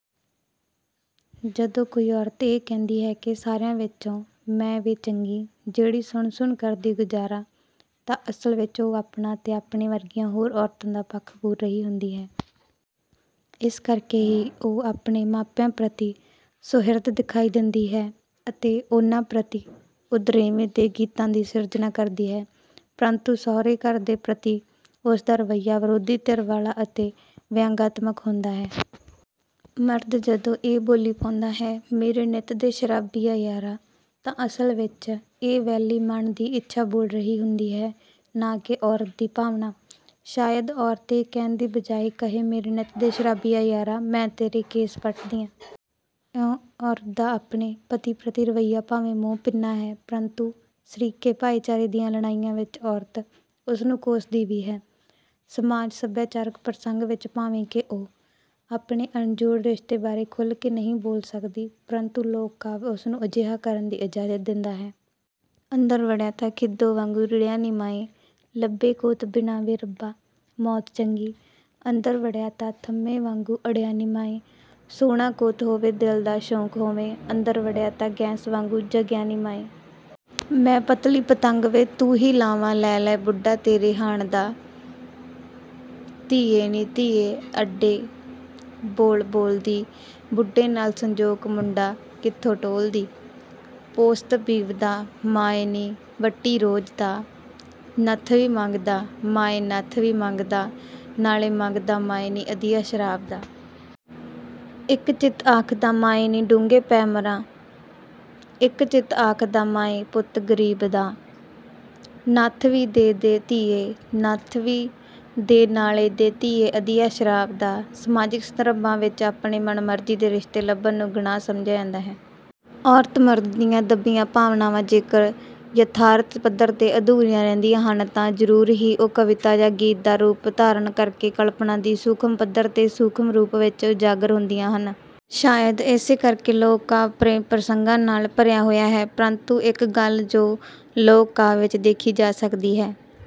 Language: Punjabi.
ਜਦੋਂ ਕੋਈ ਔਰਤ ਇਹ ਕਹਿੰਦੀ ਹੈ ਕਿ ਸਾਰਿਆਂ ਵਿੱਚੋਂ ਮੈਂ ਵੇ ਚੰਗੀ ਜਿਹੜੀ ਸੁਣ ਸੁਣ ਕਰਦੀ ਗੁਜਾਰਾ ਤਾਂ ਅਸਲ ਵਿੱਚ ਉਹ ਆਪਣਾ ਅਤੇ ਆਪਣੇ ਵਰਗੀਆਂ ਹੋਰ ਔਰਤਾਂ ਦਾ ਪੱਖ ਪੂਰ ਰਹੀ ਹੁੰਦੀ ਹੈ। ਇਸ ਕਰਕੇ ਹੀ ਉਹ ਆਪਣੇ ਮਾਪਿਆਂ ਪ੍ਰਤਿ ਸੁਹਿਰਦ ਦਿਖਾਈ ਦਿੰਦੀ ਹੈ ਅਤੇ ਉਨ੍ਹਾਂ ਪ੍ਰਤਿ ਉਦਰੇਵੇਂ ਦੇ ਗੀਤਾਂ ਦੀ ਸਿਰਜਣਾ ਕਰਦੀ ਹੈ ਪਰੰਤੂ ਸਹੁਰੇ ਘਰ ਦੇ ਪ੍ਰਤੀ ਉਸ ਦਾ ਰਵੱਈਆ ਵਿਰੋਧੀ ਧਿਰ ਵਾਲਾ ਅਤੇ ਵਿਅੰਗਆਤਮਕ ਹੁੰਦਾ ਹੈ। ਮਰਦ ਜਦੋਂ ਇਹ ਬੋਲੀ ਪਾਉਂਦਾ ਹੈ ਮੇਰੇ ਨਿੱਤ ਦੇ ਸ਼ਰਾਬੀਆ ਯਾਰਾ। ਤਾਂ ਅਸਲ ਵਿੱਚ ਇਹ ਵੈਲੀ ਮਨ ਦੀ ਇੱਛਾ ਬੋਲ ਰਹੀ ਹੁੰਦੀ ਹੈ ਨਾ ਕਿ ਔਰਤ ਦੀ ਭਾਵਨਾ। ਸ਼ਾਇਦ ਔਰਤ ਇਹ ਕਹਿਣ ਦੀ ਬਜਾਏ ਕਹੇ ਮੇਰੇ ਨਿੱਤ ਦੇ ਸ਼ਰਾਬੀਆ ਯਾਰਾ ਆ ਮੈਂ ਤੇਰੇ ਕੇਸ ਪੱਟਦਿਆ। ਇਉਂ ਔਰਤ ਦਾ ਆਪਣੇ ਪਤੀ ਪ੍ਰਤੀ ਰਵੱਈਆ ਭਾਵੇਂ ਮੋਹ-ਭਿੰਨਾ ਹੈ ਪ੍ਰੰਤੂ ਸ਼ਰੀਕੇ ਭਾਈਚਾਰੇ ਦੀਆਂ ਲੜਾਈਆਂ ਵਿੱਚ ਔਰਤ ਉਸ ਨੂੰ ਕੋਸਦੀ ਵੀ ਹੈ। ਸਮਾਜ ਸਭਿਆਚਾਰਕ ਪ੍ਰਸੰਗ ਵਿੱਚ ਭਾਵੇਂ ਕਿ ਉਹ ਆਪਣੇ ਅਨਜੋੜ ਰਿਸ਼ਤੇ ਬਾਰੇ ਖੁੱਲ੍ਹ ਕੇ ਨਹੀਂ ਬੋਲ ਸਕਦੀ ਪ੍ਰੰਤੂ ਲੋਕ ਕਾਵਿ ਉਸ ਨੂੰ ਅਜਿਹਾ ਕਰਨ ਦੀ ਇਜਾਜ਼ਤ ਦਿੰਦਾ ਹੈ। ਅੰਦਰ ਵੜਿਆ ਤਾਂ ਖਿੱਦੋ ਵਾਗੂੰ ਰਿੜ੍ਹਿਆ ਨੀ ਮਾਏ ਲੰਬੇ ਕੌਂਤ ਬਿਨਾਂ ਵੇ ਰੱਬਾ ਮੌਤ ਚੰਗੀ। ਅੰਦਰ ਵੜਿਆ ਤਾਂ ਥੰਮੇ ਵਾਗੂੰ ਅੜਿਆ ਨੀ ਮਾਏ। ਸੋਹਣਾ ਕੌਤ ਹੋਵੇ ਦਿਲ ਦਾ ਸੌਕ ਹੋਵੇ। ਅੰਦਰ ਵੜਿਆ ਤਾ ਗੈਸ ਵਾਗੂੰ ਜਗਿਆ ਨੀ ਮਾਏ। ਮੈਂ ਪਤਲੀ ਪਤੰਗ ਵੇ। ਤੂੰ ਹੀ ਲਾਵਾਂ ਲੈ ਲੈ ਬੁੱਢਾ ਤੇਰੇ ਹਾਣ ਦਾ। ਧੀਏ ਨੀ ਧੀਏ ਐੱਡੇ ਬੋਲ ਬੋਲਦੀ ਬੁੱਢੇ ਨਾਲ਼ ਸੰਜੋਗ ਮੂੰਡਾ ਕਿੱਥੋਂ ਟੋਲਦੀ। ਪੋਸਤ ਪੀਵਦਾ ਮਾਏ ਨੀ ਵੱਟੀ ਰੋਜ ਦਾ। ਨੱਥਵੀ ਮੰਗਦਾ ਮਾਏ ਨੱਥ ਵੀ ਮੰਗਦਾ, ਨਾਲੇ ਮੰਗਦਾ ਮਾਏ ਨੀ ਅਧੀਆ ਸ਼ਰਾਬ ਦਾ। ਇੱਕ ਚਿਤ ਆਖਦਾ ਮਾਏ ਨੀ ਡੂੰਘੇ ਪੈ ਮਰਾਂ। ਇੱਕ ਚਿਤ ਆਖਦਾ ਮਾਏ ਪੁੱਤ ਗਰੀਬ ਦਾ। ਨੱਥ ਵੀ ਦੇ ਦੇ ਧੀਏ, ਨੱਥ ਵੀ ਦੇ ਨਾਲੇ ਦੇ ਧੀਏ ਅਧੀਆ ਸ਼ਰਾਬ ਦਾ। ਸਮਾਜਿਕ ਸੰਦਰਭਾਂ ਵਿੱਚ ਆਪਣੇ ਮਨਮਰਜ਼ੀ ਦੇ ਰਿਸ਼ਤੇ ਲੱਭਣ ਨੂੰ ਗੁਨਾਹ ਸਮਝਿਆ ਜਾਂਦਾ ਹੈ। ਔਰਤ ਮਰਦ ਦੀਆਂ ਦੱਬੀਆਂ ਭਾਵਨਾਵਾਂ ਜੇਕਰ ਯਥਾਰਥ ਪੱਧਰ ਤੇ ਅਧੂਰੀਆਂ ਰਹਿੰਦੀਆਂ ਹਨ ਤਾਂ ਜ਼ਰੂਰ ਹੀ ਉਹ ਕਵਿਤਾ ਜਾਂ ਗੀਤ ਦਾ ਰੂਪ ਧਾਰਨ ਕਰਕੇ ਕਲਪਨਾ ਦੀ ਸੂਖਮ ਪੱਧਰ ਤੇ ਸੂਖਮ ਰੂਪ ਵਿੱਚ ਉਜਾਗਰ ਹੁੰਦੀਆਂ ਹਨ। ਸ਼ਾਇਦ ਇਸੇ ਕਰਕੇ ਲੋਕ-ਕਾਵਿ ਪ੍ਰੇਮ ਪ੍ਰਸੰਗਾਂ ਨਾਲ ਭਰਿਆ ਹੋਇਆ ਹੈ ਪਰੰਤੂ ਇੱਕ ਗੱਲ ਜੋ ਲੋਕ ਕਾਵਿ ਵਿੱਚ ਦੇਖੀ ਜਾ ਸਕਦੀ ਹੈ।